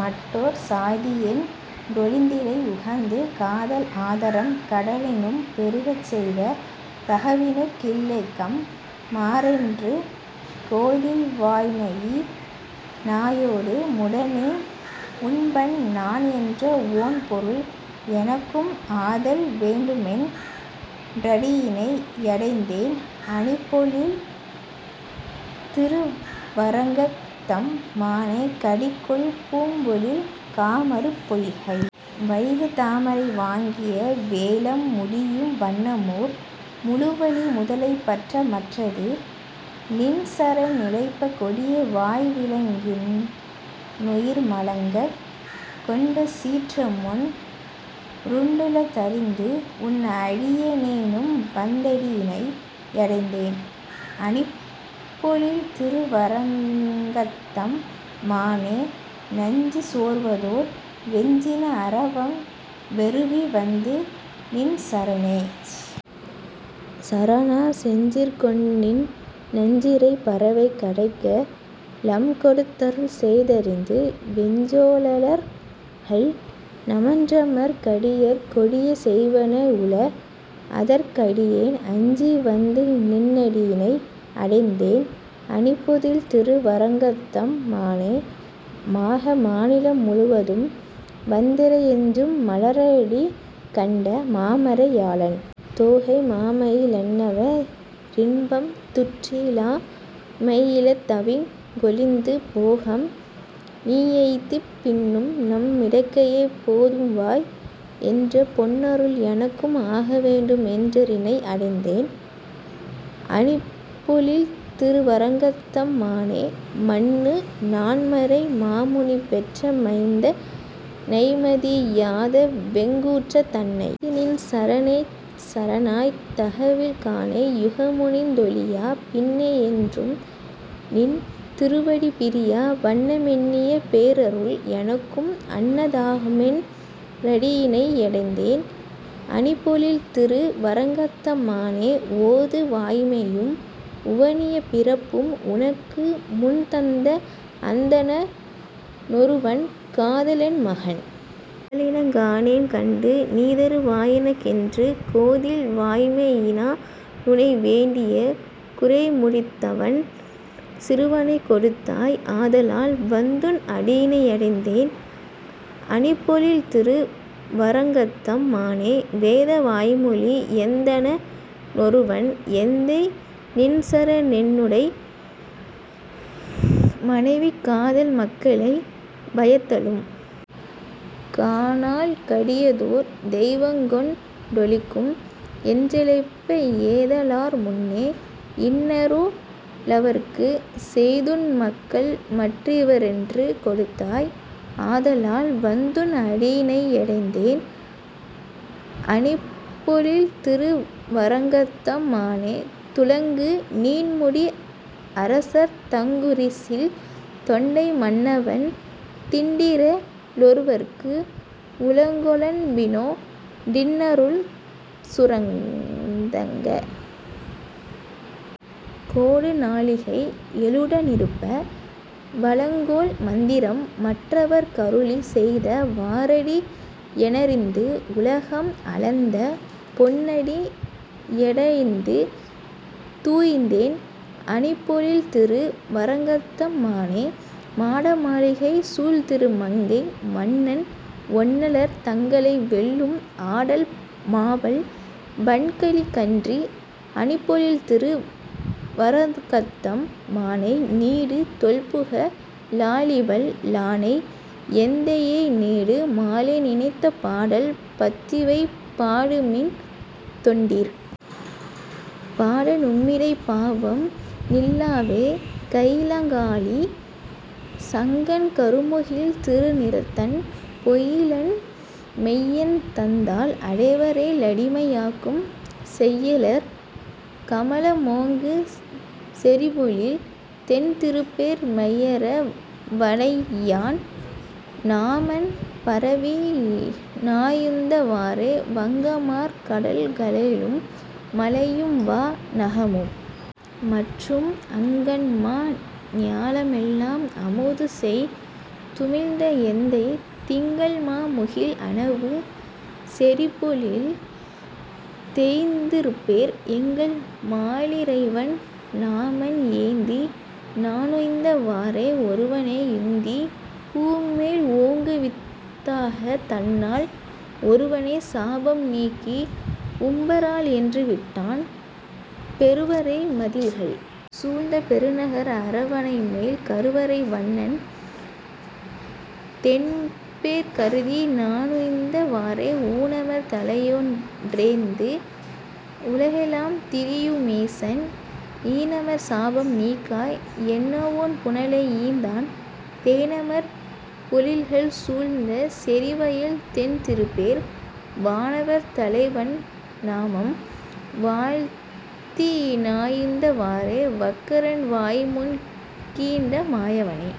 மற்றோர் சாதியென் றொழிந்திலை, உகந்து காதல் ஆதரம் கடலினும் பெருகச் செய்த தகவினுக் கில்லைகைம் மாறென்று கோதில் வாய்மையி னாயொடு முடனே உண்பன் நான் என்ற ஓண்பொருள் எனக்கும் ஆதல் வேண்டுமென் றடியிணை யடைந்தேன் அணிபொ ழில்திரு வரங்கத்தம் மானே கடிகொள் பூம்பொழில் காமரு பொய்கை வைகு தாமரை வாங்கிய வேழம், முடியும் வண்ணமோர் முழுவலி முதலை பற்ற மற்றது நின்சரண் நினைப்ப கொடிய வாய்விலங் கின்னுயிர்மலங்கக் கொண்டசீற்றமொன் றுண்டுள தறிந்து, உன் அடிய னேனும்வந் தடியிணை யடைந்தேன் அணிபொ ழில்திரு வரங்கத்தம் மானே நஞ்சு சோர்வதோர் வெஞ்சின அரவம் வெருவி வந்துநின் சரணெனச் சரணா நெஞ்சிற் கொண்டுநின் னஞ்சிறைப் பறவைக் கடைக்க லம்கொடுத் தருள்செய்த தறிந்து வெஞ்சொ லாளர்கள் நமன்றமர் கடியர் கொடிய செய்வன வுள, அதற் கடியேன் அஞ்சி வந்துநின் னடியிணை யடைந்தேன் அணிபொ ழில்திரு வரங்கத்தம் மானே மாக மாநிலம் முழுவதும்வந் திரைஞ்சும் மலர டிகண்ட மாமறை யாளன், தோகை மாமயி லன்னவ ரின்பம் துற்றி லாமையிலத்தவிங் கொழிந்து போகம் நீயெய்திப் பின்னும்நம் மிடைக்கே போது வாய், என்ற பொன்னருள், எனக்கும் ஆக வேண்டுமென் றடியிணை யடைந்தேன் அணிபொ ழில்திரு வரங்கத்தம் மானே மன்னு நான்மறை மாமுனி பெற்ற மைந்த னைமதி யாதவெங் கூற்றந் தன்னை யஞ்சிநின் சரணெனச் சரணாய்த் தகவில் காலனை யுகமுனிந் தொழியா பின்னை யென்றும்நின் திருவடி பிரியா வண்ண மெண்ணிய பேரருள், எனக்கும் அன்ன தாகுமென் றடியிணை யடைந்தேன் அணிபொ ழில்திரு வரங்கத்தம் மானே ஓது வாய்மையும் உவனியப் பிறப்பும் உனக்கு முன்தந்த அந்தண னொருவன், காத லென்மகன் புகலிடங் காணேன், கண்டு நீதரு வாயெனக் கென்று, கோதில் வாய்மையி னானுனை வேண்டிய குறைமு டித்தவன் சிறுவனைக் கொடுத்தாய், ஆத லால்வந்துன் அடியிணை யடைந்தேன் அணிபொ ழில்திரு வரங்கத்தம் மானே வேத வாய்மொழி யந்தண னொருவன் எந்தை நின்சர ணென்னுடை மனைவி, காதல் மக்களைப் பயத்தலும் காணாள் கடிய தோர் தெய்வங்கொண் டொளிக்கும், என்றழைப்ப ஏத லார்முன்னே யின்னரு ளவர்க்குச் செய்துன் மக்கள்மற் றிவரென்று கொடுத்தாய், ஆத லால்வந்துன் அடியிணை யடைந்தேன் அணிபொ ழில்திரு வரங்கத்தம் மானே துளங்கு நீண்முடி அரசர்தங்குரிசில் தொண்டை மன்னவன் திண்டிற லொருவற்கு உளங்கொ ளன்பினோ டின்னருள் சுரந்தங் கோடு நாழிகை யெழுடனிருப்ப, வளங்கொள் மந்திரம் மற்றவற் கருளிச் செய்த வாறடி யேனறிந்து, உலகம் அளந்த பொன்னடி யேயடைந் துய்ந்தேன் அணிபொ ழில்திரு வரங்கத்தம் மானே மாடமாளிகை சூழ்திரு மங்கை மன்னன் ஒன்னலர் தங்களை வெல்லும், ஆடல் மாவல் வன்கலி கன்றி அணிபொ ழில்திரு வரங்கத்தம் மானை, நீடு தொல்புக ழாழிவல் லானை எந்தை யைநெடு மாலைநி னைந்த, பாடல் பத்திவை பாடுமின் தொண்டீர். பாட நும்மிடைப் பாவம்நில் லாவே கையிலங் காழி சங்கன் கருமுகில் திருநி றத்தன், பொய்யிலன் மெய்யன் தந்தாள் அடைவரே லடிமை யாக்கும், செய்யலர் கமல மோங்கு செறிபொழில் தென்தி ருப்பேர் பையர வணையான் நாமம் பரவிநா னுய்ந்த வாறே வங்கமார் கடல்க ளேழும் மலையும்வா னகமும் மற்றும், அங்கண்மா ஞால மெல்லாம் அமுதுசெய் துமிழ்ந்த எந்தை, திங்கள்மா முகில்அ ணவு செறிபொழில் தெந்தி ருப்பேர், எங்கள்மா லிறைவன் நாமம் ஏத்திநா னுய்ந்த வாறே ஒருவனை யுந்திப் பூமேல் ஓங்குவித் தாகந் தன்னால், ஒருவனைச் சாபம் நீக்கி உம்பராள், என்று விட்டான், பெருவரை மதிள்கள் சூழ்ந்த பெருநகர் அரவ ணைமேல் கருவரை வண்ணன் தென்பேர் கருதிநா னுய்ந்த வாறே ஊனமர் தலையொன் றேந்தி உலகெலாம் திரியு மீசன் ஈனமர் சாபம் நீக்காய், என்னவொண் புனலை யீந்தான், தேனமர் பொழில்கள் சூழ்ந்த செறிவயல் தென்தி ருப்பேர், வானவர் தலைவன் நாமம் வாழ்த்திநா னுய்ந்த வாறே வக்கரன் வாய்முன் கீண்ட மாயவனே